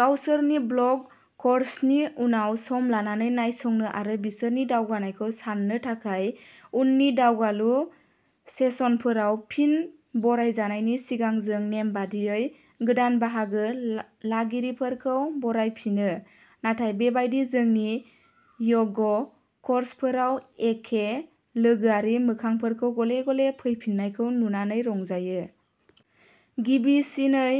गावसोरनि ब्लक कर्सनि उनाव सम लानानै नायसंनो आरो बिसोरनि दावगानायखौ साननो थाखाय उननि दावगालु सेसनफोराव फिन बरायजानायनि सिगां जों नेमबादियै गोदान बाहागो लागिरिफोरखौ बरायफिनो। नाथाय बेबायदिनो जोंनि य'ग कर्सफोराव एखे लोगोआरि मोखांफोरखौ गले-गले फैफिन्नायखौ नुनानै रंजायो। गिबिसिनै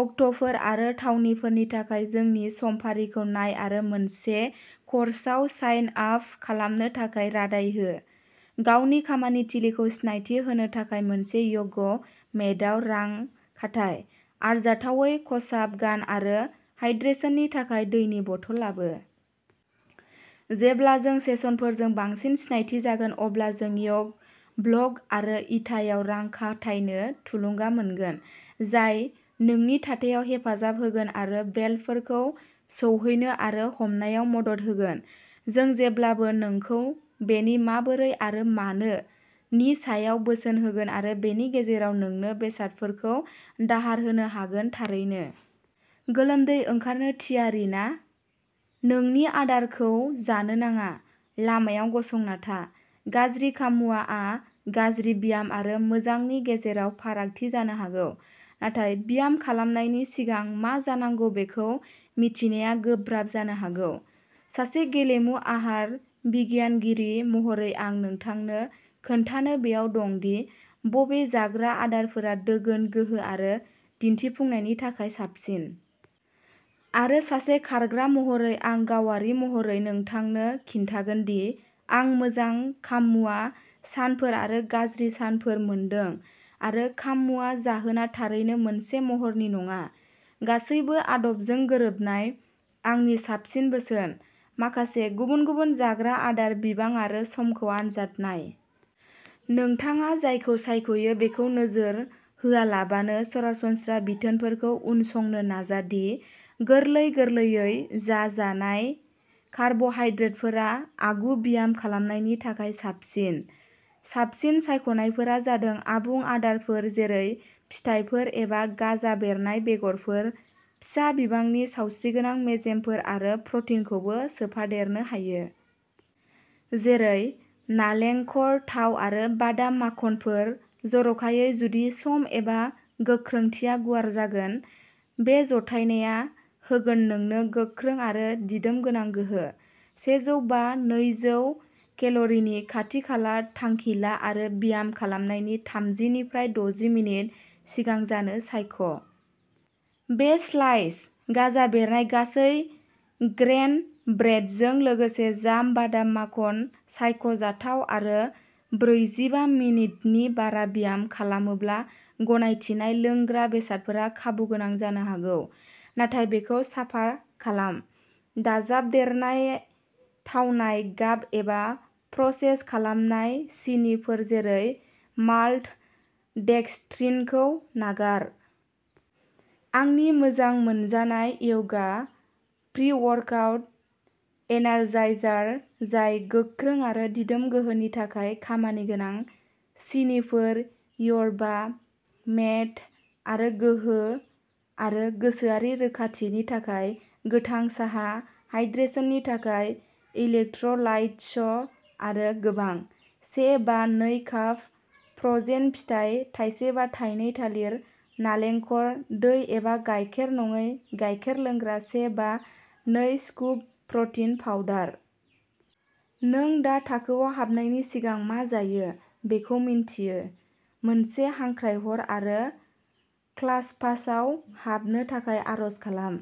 अक्ट'फोर आरो थावनिफोरनि थाखाय जोंनि समफारिखौ नाय आरो मोनसे कर्सआव साइन आप खालामनो थाखाय रादाय हो। गावनि खामानि थिलिखौ सिनायथि होनो थाखाय मोनसे य'ग मेटआव रां खाथाय। आरजाथावै खसाब गान आरो हाइड्रेशननि थाखाय दैनि बथल लाबो। जेब्ला नों सेसनफोरजों बांसिन सिनायथि जागोन अब्ला नों य'ग ब्लक आरो इटायाव रां खाथायनो थुलुंगा मोनगोन, जाय नोंनि थाथायाव हेफाजाब होगोन आरो बेल्टफोरखौ सौहैनो आरो हमनायाव मदद होगोन। जों जेब्लाबो नोंखौ बेनि 'माबोरै' आरो 'मानो' नि सायाव बोसोन होगोन आरो बेनि गेजेराव नोंनो बेसादफोरखौ दाहार होनो हागोन, थारैनो। गोलोमदै ओंखारनो थियारि ना? नोंनि आदारखौ जानो नाङा। लामायाव गसंना था। गाज्रि खाम-मुवाआ गाज्रि ब्याम आरो मोजांनि गेजेराव फारागथि जानो हागौ। नाथाय ब्याम खालामनायनि सिगां मा जानांगौ बेखौ मिथिनाया गोब्राब जानो हागौ। सासे गेलेमु आहार बिगियानगिरि महरै आं नोंथांनो खोन्थानो बेयाव दं दि बबे जाग्रा आदारफोरा दोगोन, गोहो आरो दिन्थिफुंनायनि थाखाय साबसिन। आरो सासे खारग्रा महरै आं गावारि महरै नोंथांनो खिन्थागोन दि आं मोजां खाम-मुवा सानफोर आरो गाज्रि सानफोर मोनदों आरो खाम-मुवा जाहोना थारैनो मोनसे महरनि नङा, गासैबो आदबजों गोरोबनाय। आंनि साबसिन बोसोनः माखासे गुबुन-गुबुन जाग्रा आदार, बिबां आरो समखौ आनजाद नाय। नोंथाङा जायखौ सायख'यो बेखौ नोजोर होआलाबानो सरासनस्रा बिथोनफोरखौ उनसंनो नाजा दि गोरलै- गोरलैयै जाजानाय कार्बहाइड्रेटफोरा आगु ब्याम खालामनायनि थाखाय साबसिन। साबसिन सायख'नायफोरा जादों आबुं आदारफोर जेरै फिथाइफोर एबा गाजा बेरनाय बेगरफोर। फिसा बिबांनि सावस्रिगोनां मेजेमफोर आरो प्रटिनखौबो सोफादेरनो हायो। जेरै नालेंखर थाव आरो बादाम माखनफोर, जर'खायै जुदि सम एबा गोख्रोंथिया गुवार जागोन। बे जथायनाया होगोन नोंनो गोख्रै आरो दिदोम गोनां गोहो । सेजौ बा नैजौ केल'रिनि खाथि-खाला थांखि ला आरो ब्याम खालामनायनि थामजि निफ्राइ दजि मिनिट सिगां जानो सायख'। बे स्लाइस गाजा बेरनाय गासै ग्रेइन ब्रेडजों लोगोसे जाम, बादाम माखन सायख'जाथाव आरो ब्रैजिबा मिनिटनि बारा ब्याम खालामोब्ला गनायथिनाय। लोंग्रा बेसादफोरा खाबुगोनां जानो हागौ, नाथाय बेखौ साफा खालाम। दाजाबदेरनाय थावनाय, गाब एबा प्रसेस खालामनाय सिनिफोर जेरै माल्ट'डेक्सट्रिनखौ नागार। आंनि मोजां मोनजानाय वेगा प्रीवर्कआउट एनार्जाइजार, जाय गोख्रै आरो दिदोम गोहोनि थाखाय खामानिगोनां सिनिफोर, यरबा मेट आरो गोहो आरो गोसोआरि रोखाथिनि थाखाय गोथां साहा, हाइड्रेशननि थाखाय इलेक्ट्र'लाइट्स आरो गोबां। से बा नै काप फ्र'जेन फिथाइ, थाइसे बा थाइनै थालिर, नालेंखर दै एबा गायखेर-नङै गायखेर लोंग्रा, से बा नै स्कुप प्र'टिन पाउडार। नों दा थाखोयाव हाबनायनि सिगां मा जायो बेखौ मिन्थियो, मोनसे हांख्रायहर आरो क्लासपासआव हाबनो थाखाय आर'ज खालाम।